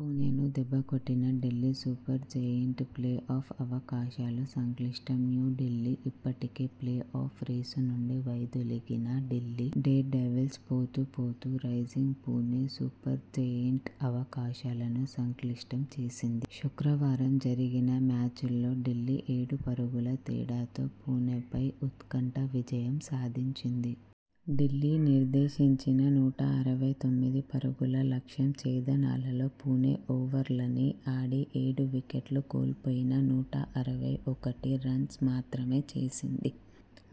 పుణెను దెబ్బకొట్టిన Delhi Supergiant play off అవకాశాలు సంక్లిష్టం న్యూఢిల్లీ ఇప్పటికే ప్లే ఆఫ్ రేసు నుంచి వైదొలిగిన ఢిల్లీ డేర్డెవిల్స్ పోతూపోతూ రైజింగ్ పుణె సూపర్జెయింట్ అవకాశాలను సంక్లిష్టం చేసింది. శుక్రవారం జరిగిన మ్యాచలో ఢిల్లీ ఏడు పరుగుల తేడాతో పుణెపై ఉత్కంఠ విజయం సాధించింది. ఢిల్లీ నిర్దేశించిన నూట అరవై తొమ్మిది పరుగుల లక్ష్య ఛేదనలో పుణె ఓవర్లన్నీ ఆడి ఏడు వికెట్లు కోల్పోయి నూట అరవై ఒకటి రన్స్ మాత్రమే చేసింది.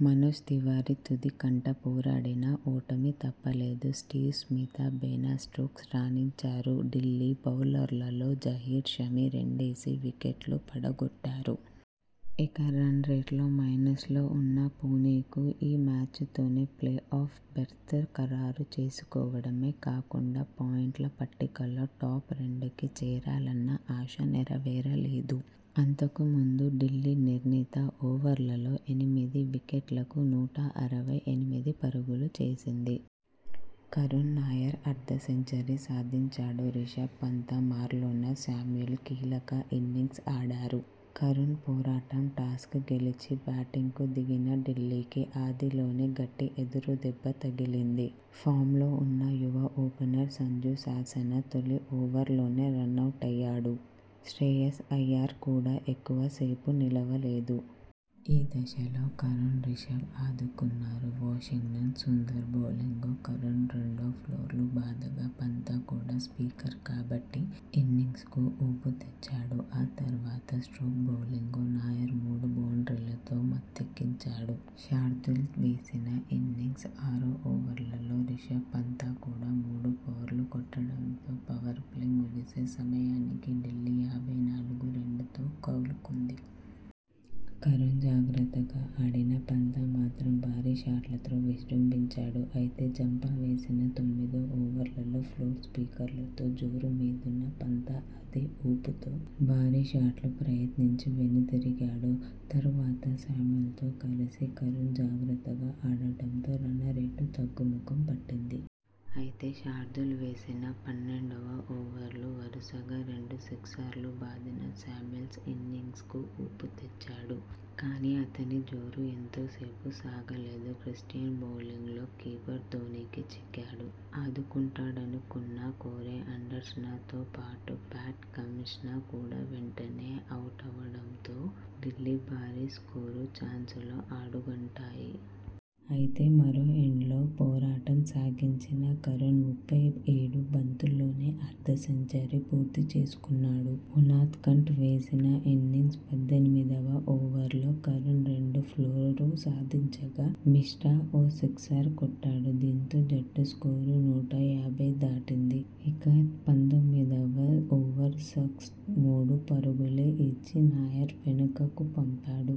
మనోజ్ తివారి తుదికంటా పోరాడినా ఓటమి తప్పలేదు. స్టీవ్ స్మిత, బెన స్టోక్స్ రాణించారు. ఢిల్లీ బౌలర్లలో జహీర్, షమి రెండేసి వికెట్లు పడగొట్టారు. ఇక రన్ రేట్లో మైన్సలో ఉన్న పుణెకు ఈ మ్యాచతోనే ప్లే ఆఫ్ బెర్త్ ఖరారు చేసుకోవడమే కాకుండా పాయింట్ల పట్టికలో టాప్ రెండు కి చేరాలన్న ఆశ నెరవేరలేదు. అంతకుముందు ఢిల్లీ నిర్ణీత ఓవర్లలో ఎనిమిది వికెట్లకు నూట అరవై ఎనిమిది పరుగులు చేసింది. కరుణ్ నాయర్ అర్ధ సెంచరీ సాధించాడు. రిషభ్ పంత, మార్లోన శామ్యూల్స్ కీలక ఇన్నింగ్స్ ఆడారు. కరుణ్ పోరాటం టాస్ గెలిచి బ్యాటింగ్కు దిగిన ఢిల్లీకి ఆదిలోనే గట్టి ఎదురుదెబ్బ తగిలింది. ఫామ్లో ఉన్న యువ ఓపెనర్ సంజూ శాంసన తొలి ఓవర్లోనే రనౌటయ్యాడు. శ్రేయాస్ అయ్యర్ కూడా ఎక్కువ సేపు నిలవలేదు. ఈ దశలో కరుణ్, రిషభ్ ఆదుకున్నారు. వాషింగ్టన సుందర్ బౌలింగ్లో కరుణ్ రెండు ఫోర్లు బాదగా పంత కూడా సిక్సర్ రాబట్టి ఇన్నింగ్స్కు ఊపు తెచ్చాడు. ఆ తర్వాత స్టోక్స్ బౌలింగ్లో నాయర్ మూడు బౌండ్రీలతో మోతెక్కించాడు. శార్దూల్ వేసిన ఇన్నింగ్స్ ఆరో ఓవర్లో రిషభ్ పంత కూడా మూడు ఫోర్లు కొట్టడంతో పవర్ ప్లే ముగిసే సమయానికి ఢిల్లీ యాభై నాలుగు రెండుతో కోలుకుంది. కరుణ్ జాగ్రత్తగా ఆడినా పంత మాత్రం భారీ షాట్లతో విజృంభించాడు. అయితే జంపా వేసిన తొమ్మిదో ఓవర్లో ఫోర్, సిక్సర్తో జోరు మీదున్న పంత అదే ఊపుతో భారీ షాట్కు ప్రయత్నించి వెనుదిరిగాడు. తర్వాత శామ్యూల్స్తో కలిసి కరుణ్ జాగ్రత్తగా ఆడడంతో రనరేట్ తగ్గుముఖం పట్టింది. అయితే శార్దూల్ వేసిన పన్నెండువ ఓవర్లో వరుసగా రెండు సిక్సర్లు బాదిన శామ్యూల్స్ ఇన్నింగ్స్కు ఊపుతెచ్చాడు. కానీ అతని జోరు ఎంతో సేపు సాగలేదు. క్రిస్టియన బౌలింగ్లో కీపర్ ధోనీకి చిక్కాడు. ఆదుకుంటాడనుకున్న కోరె అండర్సన తోపాటు ప్యాట్ కమిన్స కూడా వెంటనే అవుటవడంతో ఢిల్లీ భారీ స్కోరు చాన్సలు అడుగంటాయి. అయితే మరో ఎండ్లో పోరాటం సాగించిన కరుణ్ ముప్పై ఏడు బంతుల్లోనే అర్ధ సెంచరీ పూర్తిచేసుకున్నాడు. ఉనాద్కట్ వేసిన ఇన్నింగ్స్ పద్దెనిమిదివ ఓవర్లో కరుణ్ రెండు ఫోర్లు సాధించగా, మిశ్రా ఓ సిక్సర్ కోట్టాడు. దీంతో జట్టు స్కోరు నూట యాభై దాటింది. ఇక పంతొమ్మిదివ ఓవర్లో స్టోక్స్ మూడు పరుగులే ఇచ్చి నాయర్ను వెనక్కుపంపాడు.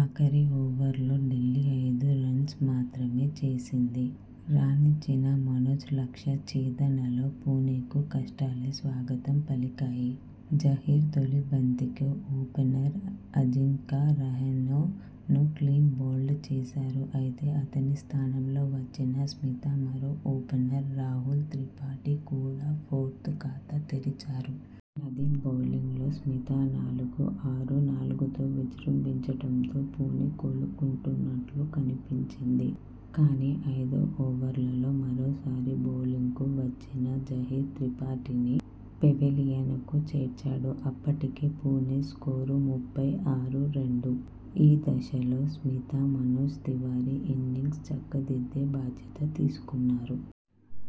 ఆఖరి ఓవర్లో ఢిల్లీ ఐదు రన్స మాత్రమే చేసింది. రాణించిన మనోజ్ లక్ష్య ఛేదనలో పుణెకు కష్టాలే స్వాగతం పలికాయి. జహీర్ తొలి బంతికే ఓపెనర్ అజింక్యా రహానె ను క్లీన్ బౌల్డ్ చేశాడు. అయితే అతని స్థానంలో వచ్చిన స్మిత, మరో ఓపెనర్ రాహుల్ త్రిపాఠి కూడా ఫోర్తో ఖాతా తెరిచారు. నదీమ్ బౌలింగ్లో స్మిత నాలుగు, ఆరు, నాలుగుతో విజృంభించడంతో పుణె కోలుకున్నట్టు కనిపించింది. కానీ ఐదో ఓవర్లో మరోసారి బౌలింగ్కు వచ్చిన జహీర్ త్రిపాఠిని పెవిలియనకు చేర్చాడు. అప్పటికి పుణె స్కోరు ముప్పై ఆరు/రెండు. ఈ దశలో స్మిత, మనోజ్ తివారి ఇన్నింగ్స్ను చక్కదిద్దే బాధ్యత తీసుకున్నారు.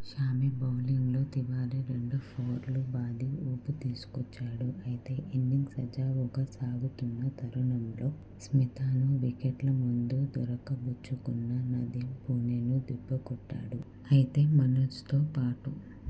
షమి బౌలింగ్లో తివారి రెండు ఫోర్లు బాది ఊపు తీసుకొచ్చాడు. అయితే ఇన్నింగ్స్ సజావుగా సాగుతున్న తరుణంలో స్మితను వికెట్ల ముందు దొరక బుచ్చుకున్న నదీమ్ పుణెను దెబ్బకొట్టాడు. అయితే మనోజ్తోపాటు